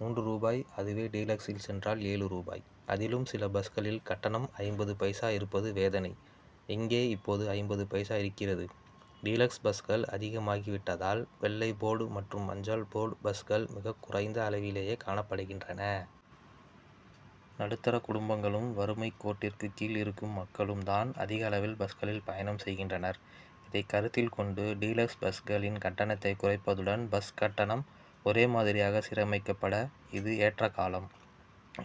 மூன்று ரூபாய் அதுவே டீலக்சில் சென்றால் ஏழு ரூபாய். அதிலும் சில பஸ்களில் கட்டணம் ஐம்பது பைசா இருப்பது வேதனை. எங்கே இப்போது ஐம்பது பைசா இருக்கிறது? டீலக்ஸ் பஸ்கள் அதிகமாகி விட்டதால் வெள்ளை போர்டு மற்றும் மஞ்சள் போர்டு பஸ்கள் மிகக்குறைந்த அளவிலே காணப்படுகின்றன. நடுத்தர குடும்பங்களும் வறுமைக் கோட்டிற்கு கீழ் இருக்கும் மக்களும் தான் அதிகளவில் பஸ்களில் பயணம் செய்கின்றனர். இதை கருத்தில் கொண்டு டீலக்ஸ் பஸ்களின் கட்டணத்தை குறைப்பதுடன் பஸ் கட்டணம் ஒரே மாதிரியாக சீரமைக்கப்பட இது ஏற்ற காலம்.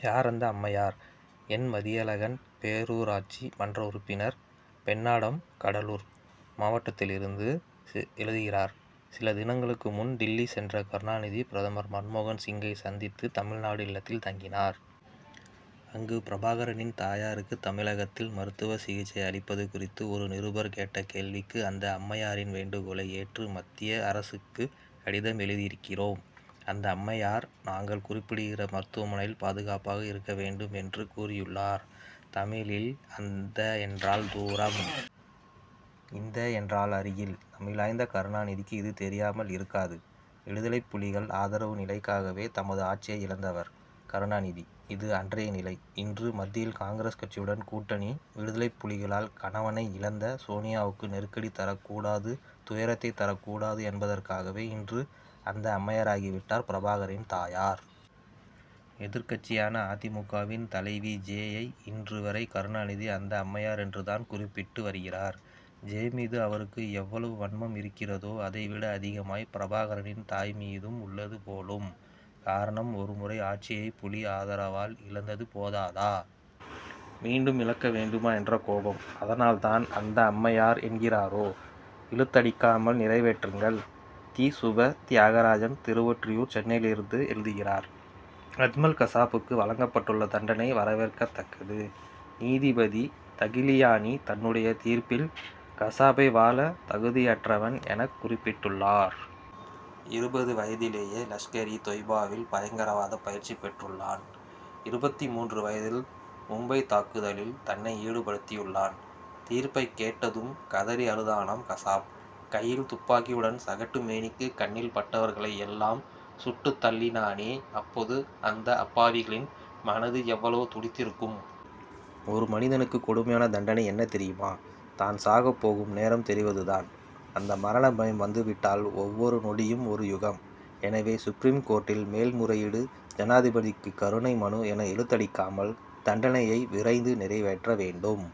யார் அந்த அம்மையார்? என். மதியழகன் பேரூராட்சி மன்ற உறுப்பினர் பெண்ணாடம் கடலூர் மாவட்டத்திலிருந்து எழுதுகிறார் சில தினங்களுக்கு முன் டில்லி சென்ற கருணாநிதி பிரதமர் மன்மோகன் சிங்கை சந்தித்து தமிழ்நாடு இல்லத்தில் தங்கினார். அங்கு பிரபாகரனின் தாயாருக்கு தமிழகத்தில் மருத்துவ சிகிச்சை அளிப்பது குறித்து ஒரு நிருபர் கேட்ட கேள்விக்கு அந்த அம்மையாரின் வேண்டுகோளை ஏற்று மத்திய அரசுக்கு கடிதம் எழுதியிருக்கிறோம். அந்த அம்மையார் நாங்கள் குறிப்பிடுகிற மருத்துவமனையில் பாதுகாப்பாக இருக்க வேண்டும் என்று கூறியுள்ளார். தமிழில் அந்த என்றால் தூரம். இந்த என்றால் அருகில். தமிழாய்ந்த கருணாநிதிக்கு இது தெரியாமல் இருக்காது. விடுதலைப் புலிகள் ஆதரவு நிலைக்காகவே தமது ஆட்சியை இழந்தவர் கருணாநிதி இது அன்றைய நிலை. இன்று மத்தியில் காங்கிரஸ் கட்சியுடன் கூட்டணி விடுதலைப் புலிகளால் கணவனை இழந்த சோனியாவுக்கு நெருக்கடி தரக் கூடாது துயரத்தை தரக் கூடாது என்பதற்காகவே இன்று அந்த அம்மையாராகி விட்டார் பிரபாகரனின் தாயார். எதிர்க்கட்சியான அ. தி. மு. க.வின் தலைவி ஜெ.யை இன்று வரை கருணாநிதி அந்த அம்மையார் என்று தான் குறிப்பிட் டு வருகிறார். ஜெ. மீது அவருக்கு எவ்வளவு வன்மம் இருக்கிறதோ அதைவிட அதிகமாய் பிரபாகரனின் தாய் மீதும் உள்ளது போலும். காரணம் ஒருமுறை ஆட்சியை புலி ஆதரவால் இழந்தது போதாதா? மீண்டும் இழக்க வேண்டுமா என்ற கோபம். அதனால் தான் அந்த அம்மையார் என்கிறாரோ? இழுத்தடிக்காமல் நிறைவேற்றுங்கள்! தி. சுபா தியாகராஜன் திருவொற்றியூர் சென்னையிலிருந்து எழுதுகிறார் அஜ்மல் கசாப்புக்கு வழங்கப் பட்டுள்ள தண்டனை வரவேற்கத்தக்கது. நீதிபதி தகிலியானி தன்னுடைய தீர்ப்பில் கசாப்பை வாழ தகுதியற்றவன் எனக் குறிப்பிட்டுள்ளார். இருபது வயதிலேயே லஷ்கர் இ தொய் பாவில் பயங்கரவாத பயிற்சிப் பெற்றுள்ளான். இருபத்து மூன்று வயதில் மும்பை தாக்குதலில் தன்னை ஈடுபடுத்தியுள்ளான். தீர்ப்பைக் கேட்டதும் கதறி அழுதானாம் கசாப். கையில் துப்பாக்கியுடன் சகட்டு மேனிக்கு கண்ணில் பட்டவர்களை எல்லாம் சுட்டு தள்ளினானே அப்போது அந்த அப்பாவிகளின் மனது எவ்வளவு துடித்திருக்கும். ஒரு மனிதனுக்கு கொடுமையான தண்டனை என்ன தெரியுமா? தான் சாக போகும் நேரம் தெரிவது தான். அந்த மரணபயம் வந்து விட்டால் ஒவ்வொரு நொடியும் ஒரு யுகம். எனவே சுப்ரீம் கோர்ட்டில் மேல் முறையீடு ஜனாதிபதிக்கு கருணை மனு என இழுத்தடிக்காமல் தண்டனையை விரைந்து நிறைவேற்ற வேண்டும்.